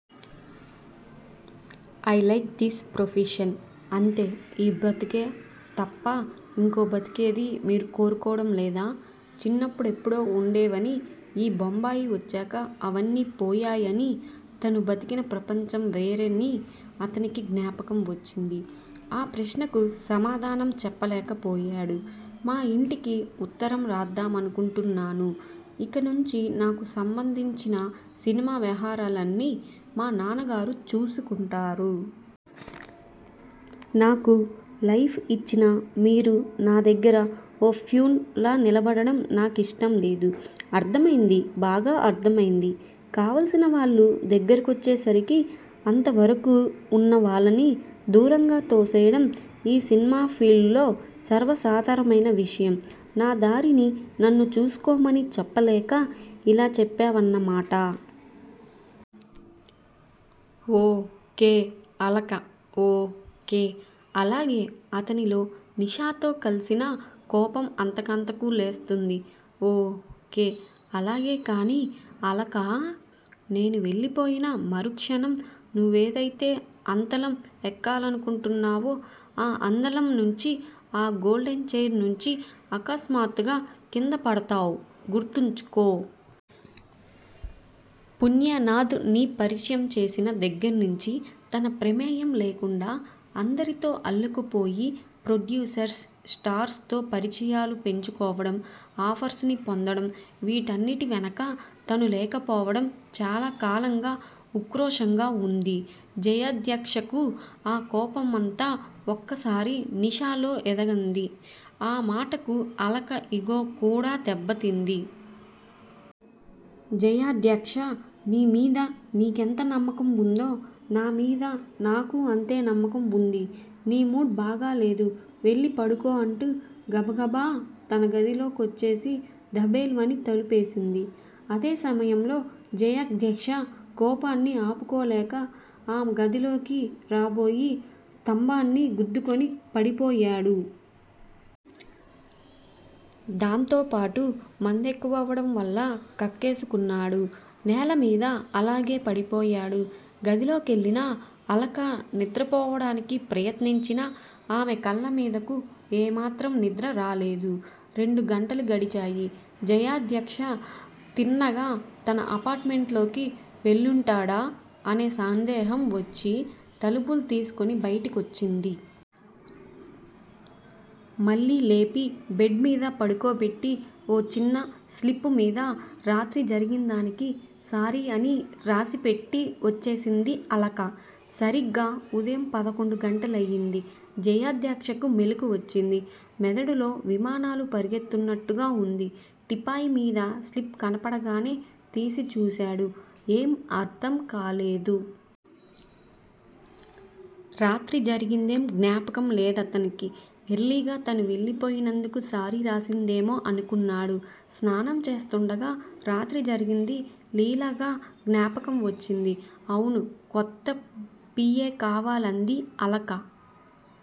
I like this profession. అంతే! ఈ బతుకే తప్ప ఇంకో బతుకేదీ మీరు కోరుకోవడం లేదా? చిన్నప్పుడెప్పుడో వుండేవని, ఈ బొంబాయి వచ్చాక అవ్వన్నీ పోయాయని, తను బతికిన ప్రపంచం వేరని అతనికి జ్ఞాపకం వచ్చింది ఆ ప్రశ్నకు సమాధానం చెప్పలేక పోయాడు. మా ఇంటికి ఉత్తరం రాద్దామనుకుంటున్నాను ఇకనుంచి నాకు సంబంధించిన సినిమా వ్యవహారాలన్నీ మా నాన్నగారు చూసుకుంటారు. నాకు లైఫ్ ఇచ్చిన మీరు నా దగ్గర ఓ ఫ్యూన్ లా నిలబడటం నా కిష్టంలేదు. అర్ధమైంది బాగా అర్దమైంది కావలసినవాళ్ళు దగ్గరకొచ్చేసరికి, అంతవరకూ వున్న వాళ్ళని దూరంగా తోసేయడం ఈ సిన్మా ఫీల్డులో సర్వసాధారణమైన విషయం నా దారిని నన్ను చూసుకోమని చెప్పలేక ఇలా చెప్పావన్న మాట. ఓ. కే. అలక ఓ. కే! అలాగే అతనిలో నిషాతో కల్సిన కోపం అంతకంతకూ లేస్తోంది. ఓ. కే. అలాగే కానీ అలకా! నేను వెళ్ళిపోయినా మరుక్షణం నువ్వేదయితే అందలం ఎక్కాలనుకుంటున్నావో ఆ అందలం నుంచి, ఆ గోల్డెన్ చైర్ నుంచి అకస్మాత్తుగా కిందపడతావ్ గుర్తుంచుకో. పుణ్యనాధ్ ని పరిచయం చేసిన దగ్గర్నించి, తన ప్రమేయం లేకుండా అందరితో అల్లుకుపోయి, ప్రొడ్యూసర్స్, స్టార్స్ తో పరిచయాలు పెంచుకోవడం, ఆఫర్స్ ని పొందడం, వీటన్నిటి వెనకా తను లేకపోవడం చాలా కాలంగా ఉక్రోషంగా వుంది జయాధ్యక్షకు ఆ కోపమంతా ఒక్కసారి నిషాలో ఎగదన్నింది. ఆ మాటకు అలక ఇగోకూడా దెబ్బతింది. జయాధ్యక్ష! నీమీద నీకెంత నమ్మకం వుందో, నా మీద నాకూ అంతే నమ్మకం వుంది. నీ మూడ్ బాగాలేదు. వెళ్ళి పడుకో అంటూ గబగబా తన గదిలో కొచ్చేసి ధబేల్ మని తలుపేసింది. అదే సమయంలో జయాధ్యక్ష కోపాన్ని ఆపుకోలేక ఆమె గదిలోకి రాబోయి స్థంభాన్ని గుద్దుకుని పడిపోయాడు. దాంతోపాటు మందెక్కువవడం వల్ల కక్కేసుకున్నాడు. నేలమీద అలాగే పడిపోయాడు. గదిలోకెళ్ళిన అలక నిద్రపోడానికి ప్రయత్నించినా ఆమె కళ్ళ మీదకు ఏమాత్రం నిద్ర రాలేదు. రెండు గంటలు గడిచాయి. జయాధ్యక్ష తిన్నగా తన అపార్ట్ మెంట్ లోకి వెళ్ళుంటాడా అనే సందేహం వచ్చి, తలుపు తీసుకుని బయటకొచ్చింది. మళ్ళీ లేపి బెడ్ మీద పడుకోబెట్టీ, ఓ చిన్న స్లిప్ మీద రాత్రి జరిగిందానికి సారీ అని రాసిపెట్టి వచ్చేసింది అలక. సరిగ్గా ఉదయం పదకొండు గంటలయింది. జయాధ్యక్షకు మెలకువ వచ్చింది. మెదడులో విమానాలు పరిగెడుతున్నట్టుగా వుంది. టీపాయ్ మీద స్లిప్ కనబడగానే తీసి చూసాడు ఏం అర్ధంకాలేదు. రాత్రి జరిగిందేం జ్ఞాపకం లేదతనికి. ఎర్లీగా తను వెళ్ళిపోయినందుకు సారీ రాసిందేమో అనుకున్నాడు. స్నానం చేస్తుండగా రాత్రి జరిగింది లీలగా జ్ఞాపకం వచ్చింది. అవును కొత్త పి. ఏ కావాలంది అలక.